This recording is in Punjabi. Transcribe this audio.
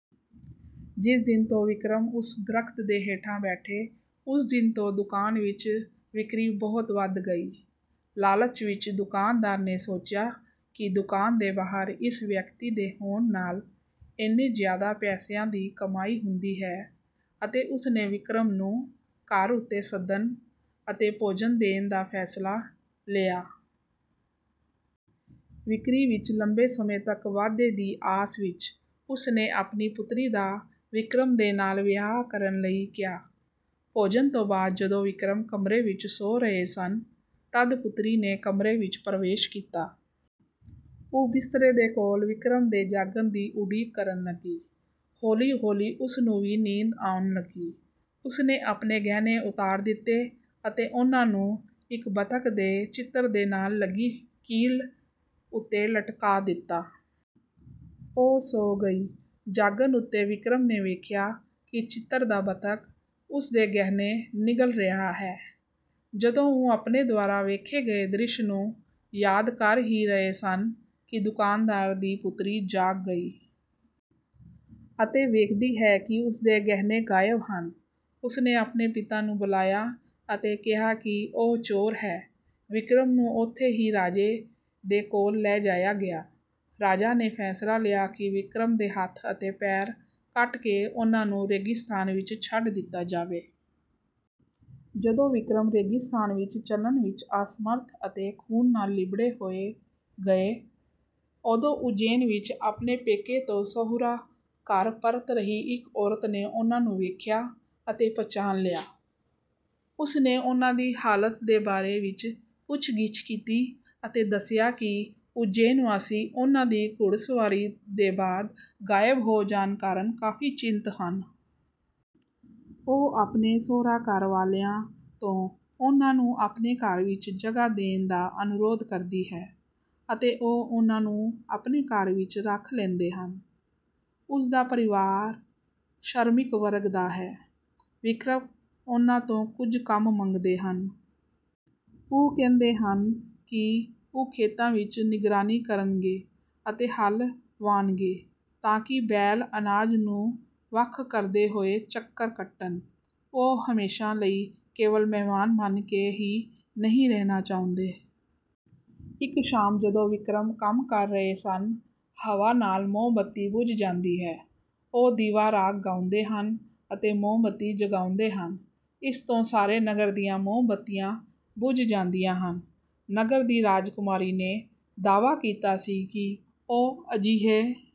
ਜਿਸ ਦਿਨ ਤੋਂ ਵਿਕਰਮ ਉਸ ਦਰਖਤ ਦੇ ਹੇਠਾਂ ਬੈਠੇ, ਉਸ ਦਿਨ ਤੋਂ ਦੁਕਾਨ ਵਿੱਚ ਵਿਕਰੀ ਬਹੁਤ ਵੱਧ ਗਈ। ਲਾਲਚ ਵਿੱਚ ਦੁਕਾਨਦਾਰ ਨੇ ਸੋਚਿਆ ਕਿ ਦੁਕਾਨ ਦੇ ਬਾਹਰ ਇਸ ਵਿਅਕਤੀ ਦੇ ਹੋਣ ਨਾਲ ਇੰਨੇ ਜ਼ਿਆਦਾ ਪੈਸਿਆਂ ਦੀ ਕਮਾਈ ਹੁੰਦੀ ਹੈ ਅਤੇ ਉਸਨੇ ਵਿਕਰਮ ਨੂੰ ਘਰ ਉੱਤੇ ਸੱਦਣ ਅਤੇ ਭੋਜਨ ਦੇਣ ਦਾ ਫ਼ੈਸਲਾ ਲਿਆ। ਵਿਕਰੀ ਵਿੱਚ ਲੰਬੇ ਸਮੇਂ ਤੱਕ ਵਾਧੇ ਦੀ ਆਸ ਵਿੱਚ, ਉਸਨੇ ਆਪਣੀ ਪੁਤਰੀ ਦਾ ਵਿਕਰਮ ਦੇ ਨਾਲ ਵਿਆਹ ਕਰਨ ਲਈ ਕਿਹਾ। ਭੋਜਨ ਦੇ ਬਾਅਦ ਜਦੋਂ ਵਿਕਰਮ ਕਮਰੇ ਵਿੱਚ ਸੌ ਰਹੇ ਸਨ, ਤਦ ਪੁਤਰੀ ਨੇ ਕਮਰੇ ਵਿੱਚ ਪ੍ਰਵੇਸ਼ ਕੀਤਾ। ਉਹ ਬਿਸਤਰੇ ਦੇ ਕੋਲ ਵਿਕਰਮ ਦੇ ਜਾਗਣ ਦੀ ਉਡੀਕ ਕਰਨ ਲੱਗੀ। ਹੌਲੀ-ਹੌਲੀ ਉਸ ਨੂੰ ਵੀ ਨੀਂਦ ਆਉਣ ਲੱਗੀ। ਉਸਨੇ ਆਪਣੇ ਗਹਿਣੇ ਉਤਾਰ ਦਿੱਤੇ ਅਤੇ ਉਨ੍ਹਾਂ ਨੂੰ ਇੱਕ ਬੱਤਖ ਦੇ ਚਿੱਤਰ ਦੇ ਨਾਲ ਲੱਗੀ ਕੀਲ ਉੱਤੇ ਲਟਕਾ ਦਿੱਤਾ। ਉਹ ਸੌ ਗਈ। ਜਾਗਣ ਉੱਤੇ ਵਿਕਰਮ ਨੇ ਵੇਖਿਆ ਕਿ ਚਿੱਤਰ ਦਾ ਬੱਤਖ ਉਸਦੇ ਗਹਿਣੇ ਨਿਗਲ ਰਿਹਾ ਹੈ। ਜਦੋਂ ਉਹ ਆਪਣੇ ਦੁਆਰਾ ਵੇਖੇ ਗਏ ਦ੍ਰਿਸ਼ ਨੂੰ ਯਾਦ ਕਰ ਹੀ ਰਹੇ ਸਨ ਕਿ ਦੁਕਾਨਦਾਰ ਦੀ ਪੁਤਰੀ ਜਾਗ ਗਈ। ਅਤੇ ਵੇਖਦੀ ਹੈ ਕਿ ਉਸਦੇ ਗਹਿਣੇ ਗਾਇਬ ਹਨ। ਉਸਨੇ ਆਪਣੇ ਪਿਤਾ ਨੂੰ ਬੁਲਾਇਆ ਅਤੇ ਕਿਹਾ ਕਿ ਉਹ ਚੋਰ ਹੈ। ਵਿਕਰਮ ਨੂੰ ਉੱਥੇ ਦੇ ਰਾਜੇ ਦੇ ਕੋਲ ਲੈ ਜਾਇਆ ਗਿਆ। ਰਾਜਾ ਨੇ ਫ਼ੈਸਲਾ ਲਿਆ ਕਿ ਵਿਕਰਮ ਦੇ ਹੱਥ ਅਤੇ ਪੈਰ ਕੱਟ ਕੇ ਉਨ੍ਹਾਂ ਨੂੰ ਰੇਗਿਸਤਾਨ ਵਿੱਚ ਛੱਡ ਦਿੱਤਾ ਜਾਵੇ। ਜਦੋਂ ਵਿਕਰਮ ਰੇਗਿਸਤਾਨ ਵਿੱਚ ਚੱਲਣ ਵਿੱਚ ਅਸਮਰਥ ਅਤੇ ਖੂਨ ਨਾਲ ਲਿਬੜੇ ਹੋ ਗਏ, ਉਦੋਂ ਉੱਜੈਨ ਵਿੱਚ ਆਪਣੇ ਪੇਕੇ ਤੋਂ ਸਹੁਰਾ-ਘਰ ਪਰਤ ਰਹੀ ਇੱਕ ਔਰਤ ਨੇ ਉਨ੍ਹਾਂ ਨੂੰ ਵੇਖਿਆ ਅਤੇ ਪਛਾਣ ਲਿਆ। ਉਸਨੇ ਉਨ੍ਹਾਂ ਦੀ ਹਾਲਤ ਦੇ ਬਾਰੇ ਵਿੱਚ ਪੁੱਛਗਿੱਛ ਕੀਤੀ ਅਤੇ ਦੱਸਿਆ ਕਿ ਉੱਜੈਨਵਾਸੀ ਉਨ੍ਹਾਂ ਦੀ ਘੁੜਸਵਾਰੀ ਦੇ ਬਾਅਦ ਗਾਇਬ ਹੋ ਜਾਣ ਕਾਰਨ ਕਾਫ਼ੀ ਚਿੰਤ ਹਨ। ਉਹ ਆਪਣੇ ਸਹੁਰਾ-ਘਰ ਵਾਲਿਆਂ ਤੋਂ ਉਨ੍ਹਾਂ ਨੂੰ ਆਪਣੇ ਘਰ ਵਿੱਚ ਜਗ੍ਹਾ ਦੇਣ ਦਾ ਅਨੁਰੋਧ ਕਰਦੀ ਹੈ ਅਤੇ ਉਹ ਉਨ੍ਹਾਂ ਨੂੰ ਆਪਣੇ ਘਰ ਵਿੱਚ ਰੱਖ ਲੈਂਦੇ ਹਨ। ਉਸਦਾ ਪਰਿਵਾਰ ਸ਼ਰਮਿਕ ਵਰਗ ਦਾ ਸੀ। ਵਿਕਰਮ ਉਨ੍ਹਾਂ ਤੋਂ ਕੁਝ ਕੰਮ ਮੰਗਦੇ ਹਨ। ਉਹ ਕਹਿੰਦੇ ਹਨ ਕਿ ਉਹ ਖੇਤਾਂ ਵਿੱਚ ਨਿਗਰਾਨੀ ਕਰਨਗੇ ਅਤੇ ਹਲ ਵਾਹਣਗੇ ਤਾਂ ਕਿ ਬੈਲ ਅਨਾਜ ਨੂੰ ਵੱਖ ਕਰਦੇ ਹੋਏ ਚੱਕਰ ਕੱਟਣ। ਉਹ ਹਮੇਸ਼ਾ ਲਈ ਕੇਵਲ ਮਹਿਮਾਨ ਬਣ ਕੇ ਹੀ ਨਹੀਂ ਰਹਿਣਾ ਚਾਹੁੰਦੇ। ਇੱਕ ਸ਼ਾਮ ਜਦੋਂ ਵਿਕਰਮ ਕੰਮ ਕਰ ਰਹੇ ਸਨ, ਹਵਾ ਨਾਲ ਮੋਮਬੱਤੀ ਬੁਝ ਜਾਂਦੀ ਹੈ। ਉਹ ਦੀਵਾ ਰਾਗ ਗਾਉਂਦੇ ਹਨ ਅਤੇ ਮੋਮਬੱਤੀ ਜਗਾਉਂਦੇ ਹਨ। ਇਸ ਤੋਂ ਸਾਰੇ ਨਗਰ ਦੀਆਂ ਮੋਮਬੱਤੀਆਂ ਬੁਝ ਜਾਂਦੀਆਂ ਹਨ। ਨਗਰ ਦੀ ਰਾਜਕੁਮਾਰੀ ਨੇ ਦਾਅਵਾ ਕੀਤਾ ਸੀ ਕਿ ਉਹ ਅਜਿਹੇ